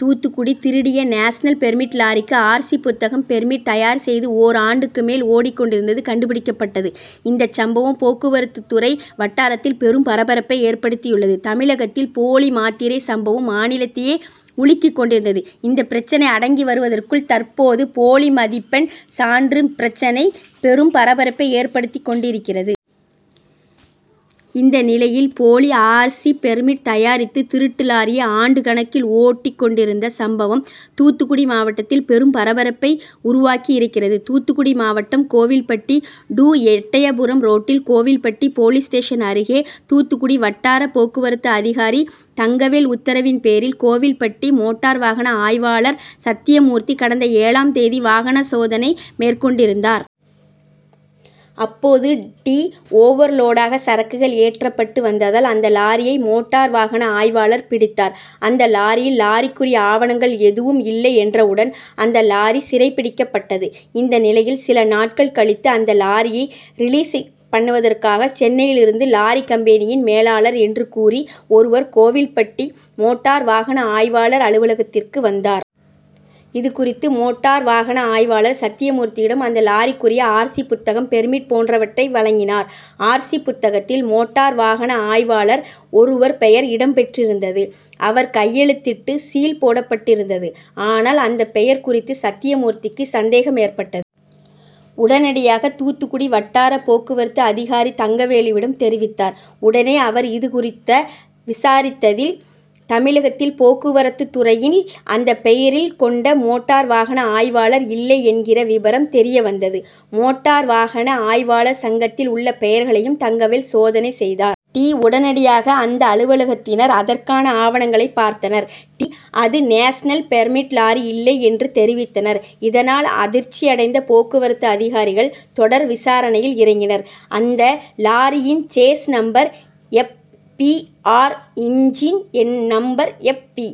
தூத்துக்குடி திருடிய national permit லாரிக்கு R. C புத்தகம் பெர்மிட் தயார் செய்து ஓராண்டுக்கு மேல் ஓடிக் கொண்டிருந்தது கண்டுபிடிக்கப்பட்டது. இந்த சம்பவம் போக்குவரத்துறை வட்டாரத்தில் பெரும் பரபரப்பை ஏற்படுத்தியுள்ளது. தமிழகத்தில் போலி மாத்திரை சம்பவம் மாநிலத்தையே உலுக்கி கொண்டிருந்தது. இந்த பிரச்னை அடங்கி வருவதற்குள் தற்போது போலி மதிப்பெண் சான்று பிரச்னை பெரும் பரபரப்பை ஏற்படுத்தி கொண்டிருக்கிறது. இந்த நிலையில் போலி ஆர். சி. பெர்மிட் தயாரித்து திருட்டு லாரியை ஆண்டுக் கணக்கில் ஓட்டி கொண்டிருந்த சம்பவம் தூத்துக்குடி மாவட்டத்தில் பெரும் பரபரப்பை உருவாக்கி இருக்கிறது. தூத்துக்குடி மாவட்டம் கோவில்பட்டி டூ எட்டயபுரம் ரோட்டில் கோவில்பட்டி போலீஸ் ஸ்டேஷன் அருகே தூத்துக்குடி வட்டார போக்குவரத்து அதிகாரி தங்கவேல் உத்தரவின் பேரில் கோவில்பட்டி மோட்டார் வாகன ஆய்வாளர் சத்தியமூர்த்தி கடந்த ஏழாம் தேதி வாகன சோதனை மேற்கொண்டிருந்தார். அப்போது டி. ஓவர் லோடாக சரக்குகள் ஏற்றப்பட்டு வந்ததால் அந்த லாரியை மோட்டார் வாகன ஆய்வாளர் பிடித்தார். அந்த லாரியில் லாரிக்குரிய ஆவணங்கள் எதுவும் இல்லை என்றவுடன் அந்த லாரி சிறைப்பிடிக்கப்பட்டது. இந்த நிலையில் சில நாட்கள் கழித்து அந்த லாரியை ரிலீஸ் பண்ணுவதற்காக சென்னையில் இருந்து லாரி கம்பெனியின் மேலாளர் என்று கூறி ஒருவர் கோவில்பட்டி மோட்டார் வாகன ஆய்வாளர் அலுவலகத்திற்கு வந்தார். இது குறித்து மோட்டார் வாகன ஆய்வாளர் சத்தியமூர்த்தியிடம் அந்த லாரிக்குரிய ஆர். சி புத்தகம் பெர்மிட் போன்றவற்றை வழங்கினார். ஆர். சி. புத்தகத்தில் மோட்டார் வாகன ஆய்வாளர் ஒருவர் பெயர் இடம் பெற்றிருந்தது. அவர் கையெழுத்திட்டு சீல் போடப்பட்டிருந்தது. ஆனால் அந்த பெயர் குறித்து சத்தியமூர்த்திக்கு சந்தேகம் ஏற்பட்ட. உடனடியாக தூத்துக்குடி வட்டார போக்குவரத்து அதிகாரி தங்கவேலுவிடம் தெரிவித்தார். உடனே அவர் இது குறித்த விசாரித்ததில் தமிழகத்தில் போக்குவரத்துதுறையில் அந்த பெயர் கொண்ட மோட்டார் வாகன ஆய்வாளர் இல்லை என்கிற விபரம் தெரியவந்தது. மோட்டார் வாகன ஆய்வாளர் சங்கத்தில் உள்ள பெயர்களையும் தங்கவேல் சோதனை செய்தார். டி. உடனடியாக அந்த அலுவலகத்தினர் அதற்கான ஆவணங்களை பார்த்தனர். டி. அது நேஷனல் பெர்மிட் லாரி இல்லை என்று தெரிவித்தனர். இதனால் அதிர்ச்சியடைந்த போக்குவரத்து அதிகாரிகள் தொடர் விசாரணையில் இறங்கினர். அந்த லாரியின் chassis number F. B. R, engine number F. B.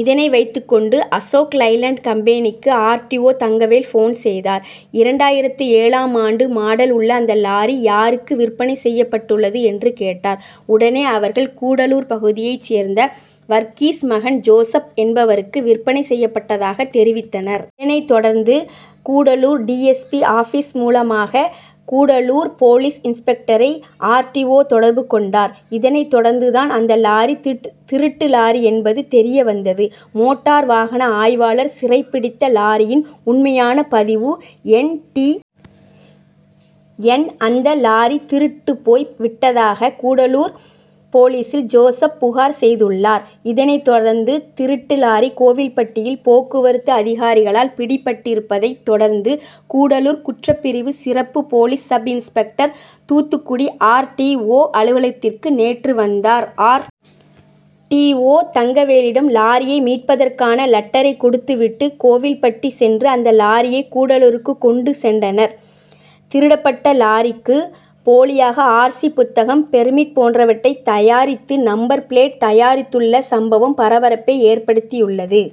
இதனை வைத்துக் கொண்டு அசோக்லைலென்ட் கம்பெனிக்கு R. T. O Thangavel phone செய்தார். இரண்டாயிரத்து ஏழாம் ஆண்டு மாடல் உள்ள அந்த லாரி யாருக்கு விற்பனை செய்யப்பட்டுள்ளது என்று கேட்டார். உடனே அவர்கள் கூடலூர் பகுதியை சேர்ந்த வர்கீஸ் மகன் ஜோசப் என்பவருக்கு விற்பனை செய்யப்பட்டதாக தெரிவித்தனர். இதனை தொடர்ந்து Gudalur D. S. P office மூலமாக கூடலூர் போலீஸ் இன்ஸ்பெக்டரை ஆர். டி. ஓ தொடர்பு கொண்டார். இதனை தொடர்ந்து தான் அந்த லாரி திருட்டு லாரி என்பது தெரியவந்தது. மோட்டார் வாகன ஆய்வாளர் சிறைபிடித்த லாரியின் உண்மையான பதிவு எண் டி. என். அந்த லாரி திருட்டு போய் விட்டதாக கூடலூர் போலீசில் ஜோசப் புகார் செய்துள்ளார். இதனை தொடர்ந்து திருட்டு லாரி கோவில்பட்டியில் போக்குவரத்து அதிகாரிகளால் பிடிபட்டிருப்பதை தொடர்ந்து கூடலூர் குற்றப்பிரிவு சிறப்பு police sub inspector Thoothukudi R. T. O அலுவலகத்திற்கு நேற்று வந்தார். ஆர். டி. ஓ தங்கவேலிடம் லாரியை மீட்பதற்கான லட்டரை கொடுத்து விட்டு கோவில்பட்டி சென்று அந்த லாரியை கூடலூருக்கு கொண்டு சென்றனர். திருடப்பட்ட லாரிக்கு போலியாக ஆர். சி புத்தகம் பெர்மிட் போன்றவற்றை தயாரித்து நம்பர் பிளேட் தயாரித்துள்ள சம்பவம் பரபரப்பை ஏற்படுத்தியுள்ளது.